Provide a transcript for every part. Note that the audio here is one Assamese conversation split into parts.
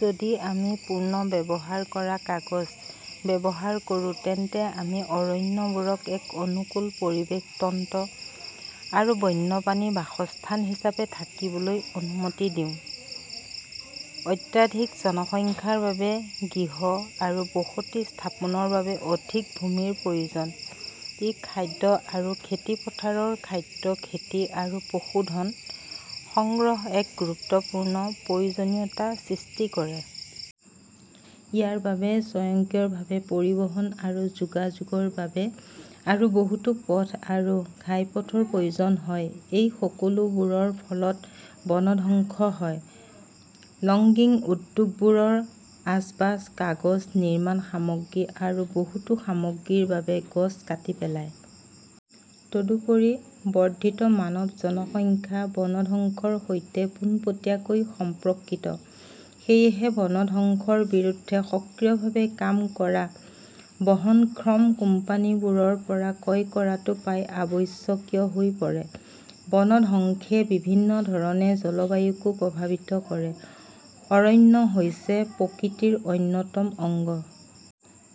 যদি আমি পুনৰ্ব্যৱহাৰ কৰা কাগজ ব্যৱহাৰ কৰোঁ তেন্তে আমি অৰণ্যবোৰক এক অনুকূল পৰিৱেশ তন্ত্ৰ আৰু বন্যপ্ৰাণীৰ বাসস্থান হিচাপে থাকিবলৈ অনুমতি দিওঁ। অত্যাধিক জনসংখ্যাৰ বাবে গৃহ আৰু বসতি স্থাপনৰ বাবে অধিক ভূমিৰ প্ৰয়োজন। ই খাদ্য আৰু খেতিপথাৰৰ খাদ্য খেতি আৰু পশুধন সংগ্ৰহৰ এক গুৰুত্বপূৰ্ণ প্ৰয়োজনীয়তা সৃষ্টি কৰে। ইয়াৰ বাবে স্বয়ংক্ৰিয়ভাৱে পৰিবহন আৰু যোগাযোগৰ বাবে আৰু বহুতো পথ আৰু ঘাইপথৰ প্ৰয়োজন হয় – এই সকলোবোৰৰ ফলত বনধ্বংস হয়। লগিং উদ্যোগবোৰে আচবাব, কাগজ, নিৰ্মাণ সামগ্ৰী, আৰু বহুতো সামগ্ৰীৰ বাবে গছ কাটি পেলায়। তদুপৰি, বৰ্ধিত মানৱ জনসংখ্যা বনধ্বংসৰ সৈতে পোনপটীয়াকৈ সম্পৰ্কিত। সেয়েহে, বনধ্বংসৰ বিৰুদ্ধে সক্ৰিয়ভাৱে কাম কৰা বহনক্ষম কোম্পানীবোৰৰ পৰা ক্ৰয় কৰাটো প্ৰায় অত্যাৱশ্যকীয় হৈ পৰে। বনধ্বংসে বিভিন্ন ধৰণে জলবায়ুকো প্ৰভাৱিত কৰে। অৰণ্য হৈছে প্ৰকৃতিৰ অন্যতম অংগ।।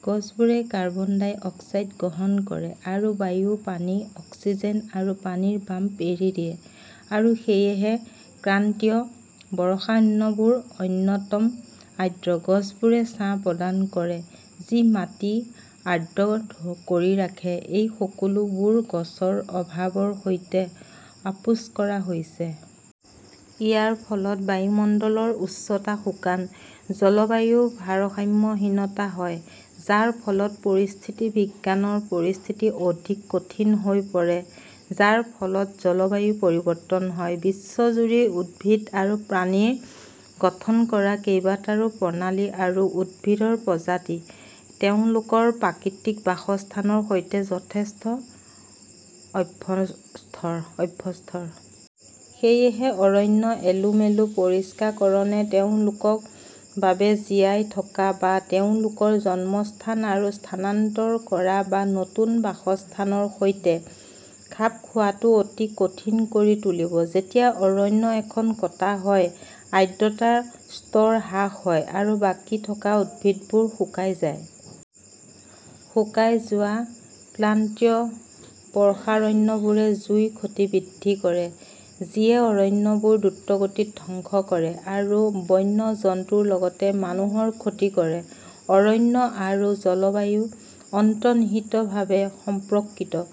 গছবোৰে কাৰ্বন ডাই অক্সাইড গ্ৰহণ কৰে আৰু বায়ুত অক্সিজেন আৰু পানীৰ বাষ্প এৰি দিয়ে, আৰু সেয়েহে ক্ৰান্তীয় বৰ্ষাৰণ্যবোৰ অত্যন্ত আৰ্দ্ৰ। গছবোৰে ছাঁ প্ৰদান কৰে যি মাটি আৰ্দ্ৰ কৰি ৰাখে। এই সকলোবোৰ গছৰ অভাৱৰ সৈতে আপোচ কৰা হৈছে। ইয়াৰ ফলত বায়ুমণ্ডলৰ উষ্ণতা, শুকান জলবায়ুৰ ভাৰসাম্যহীনতা হয়, যাৰ ফলত পৰিস্থিতিবিজ্ঞানৰ পৰিস্থিতি অধিক কঠিন হৈ পৰে যাৰ ফলত জলবায়ু পৰিৱৰ্তন হয়। বিশ্বজুৰি উদ্ভিদ আৰু প্ৰাণী গঠন কৰা কেইবাটাও প্ৰাণী আৰু উদ্ভিদৰ প্ৰজাতি তেওঁলোকৰ প্ৰাকৃতিক বাসস্থানৰ সৈতে যথেষ্ট অভ্যস্ত। সেয়েহে, অৰণ্যৰ এলোমেলো পৰিষ্কাৰকৰণে তেওঁলোকৰ বাবে জীয়াই থকা বা তেওঁলোকৰ জন্মস্থানৰ পৰা স্থানান্তৰ কৰা বা নতুন বাসস্থানৰ সৈতে খাপ খোৱাটো অতি কঠিন কৰি তুলিব। যেতিয়া অৰণ্য এখন কটা হয়, আৰ্দ্ৰতাৰ স্তৰ হ্ৰাস হয় আৰু বাকী থকা উদ্ভিদবোৰ শুকাই যায়। শুকাই যোৱা ক্ৰান্তীয় বৰ্ষাৰণ্যবোৰে জুইৰ ক্ষতি বৃদ্ধি কৰে যি য়ে অৰণ্যবোৰ দ্ৰুতগতিত ধ্বংস কৰে আৰু বন্য জন্তুৰ লগতে মানুহৰ ক্ষতি কৰে। অৰণ্য আৰু জলবায়ু অন্তৰ্নিহিতভাৱে সম্পৰ্কিত।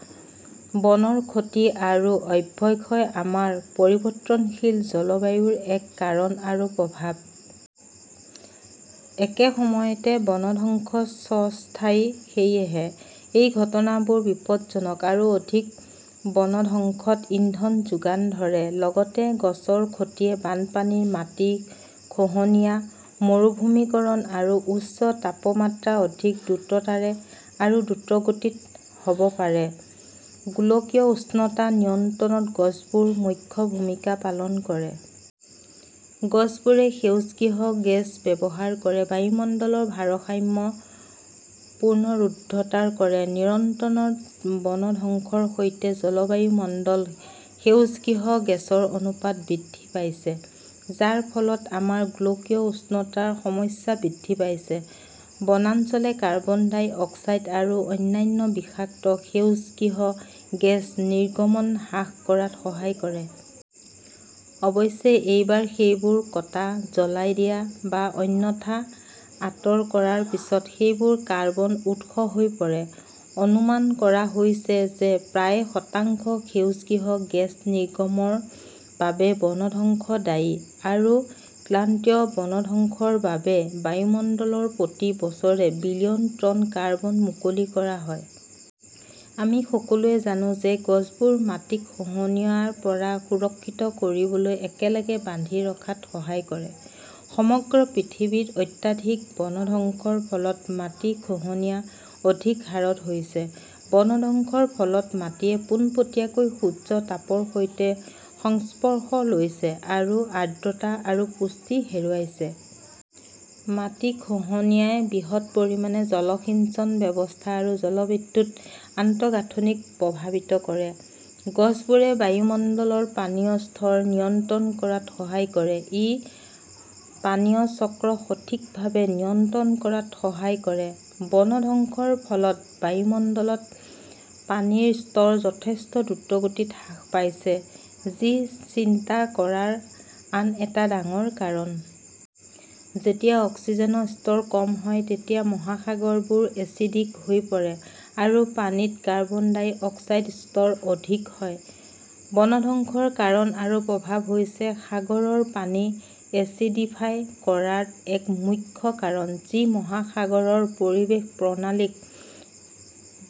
বনৰ ক্ষতি আৰু অৱক্ষয় আমাৰ পৰিৱৰ্তনশীল জলবায়ুৰ এক কাৰণ আৰু প্ৰভাৱ। একে সময়তে, বনধ্বংস স্ব-স্থায়ী। সেয়েহে, এই ঘটনাবোৰ বিপদজনক আৰু অধিক বনধ্বংসত ইন্ধন যোগান ধৰে। লগতে, গছৰ ক্ষতিয়ে বানপানী, মাটি খহনীয়া, মৰুভূমিকৰণ, আৰু উচ্চ তাপমাত্ৰা অধিক দ্ৰুততাৰে আৰু দ্ৰুতগতিত হ'ব পাৰে। গোলকীয় উষ্ণতা নিয়ন্ত্ৰণত গছবোৰে মুখ্য ভূমিকা পালন কৰে। গছবোৰে সেউজগৃহ গেছ ব্যৱহাৰ কৰে, বায়ুমণ্ডলৰ ভাৰসাম্য পুনৰুদ্ধাৰ কৰে। নিৰন্তৰ বনধ্বংসৰ সৈতে, বায়ুমণ্ডলত সেউজগৃহ গেছৰ অনুপাত বৃদ্ধি পাইছে, যাৰ ফলত আমাৰ গোলকীয় উষ্ণতাৰ সমস্যা বৃদ্ধি পাইছে। বনাঞ্চলে কাৰ্বন ডাই অক্সাইড আৰু অন্যান্য বিষাক্ত সেউজগৃহ গেছ নিৰ্গমন হ্ৰাস কৰাত সহায় কৰে। অৱশ্যে, এবাৰ সেইবোৰ কটা, জ্বলাই দিয়া, বা অন্যথা আঁতৰ কৰাৰ পিছত, সেইবোৰ কাৰ্বন উৎস হৈ পৰে। অনুমান কৰা হৈছে যে প্ৰায় শতাংশ সেউজগৃহ গেছ নিৰ্গমনৰ বাবে বনধ্বংস দায়ী, আৰু ক্ৰান্তীয় বনধ্বংসৰ বাবে, বায়ুমণ্ডলত প্ৰতি বছৰে বিলিয়ন টন কাৰ্বন মুকলি কৰা হয়. আমি সকলোৱে জানো যে গছবোৰে মাটিক খহনীয়াৰ পৰা সুৰক্ষিত কৰিবলৈ একেলগে বান্ধি ৰখাত সহায় কৰে। সমগ্ৰ পৃথিৱীত অত্যাধিক বনধ্বংসৰ ফলত মাটিৰ খহনীয়া অধিক হাৰত হৈছে। বনধ্বংসৰ ফলত, মাটিয়ে পোনপটীয়াকৈ সূৰ্যৰ তাপৰ সৈতে সংস্পৰ্শ লৈছে আৰু আৰ্দ্ৰতা আৰু পুষ্টি হেৰুৱাইছে। মাটিখহনীয়াই বৃহৎ পৰিমাণে জলসিঞ্চন ব্যৱস্থা আৰু জলবিদ্যুৎ আন্তঃগাঁথনিক প্ৰভাৱিত কৰে। গছবোৰে বায়ুমণ্ডলত পানীৰ স্তৰ নিয়ন্ত্ৰণ কৰাত সহায় কৰে। ই পানীচক্ৰসঠিকভাৱে নিয়ন্ত্ৰণ কৰাত সহায় কৰে। বনধ্বংসৰ ফলত, বায়ুমণ্ডলত পানীৰ স্তৰ যথেষ্ট দ্ৰুতগতিত হ্ৰাস পাইছে, যি চিন্তাকৰাৰ আন এটা ডাঙৰ কাৰণ। যেতিয়া অক্সিজেনৰ স্তৰ কম হয় তেতিয়া মহাসাগৰবোৰ এচিডিক হৈ পৰে, আৰু পানীত কাৰ্বন ডাই অক্সাইডৰ স্তৰ অধিক হয়। বনধ্বংসৰ কাৰণ আৰু প্ৰভাৱ হৈছে সাগৰৰ পানী এচিডিফাই কৰাৰ এক মুখ্য কাৰণ, যি মহাসাগৰৰ পৰিৱেশ-প্ৰণালীক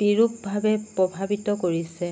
বিৰূপভাৱে প্ৰভাৱিত কৰিছে।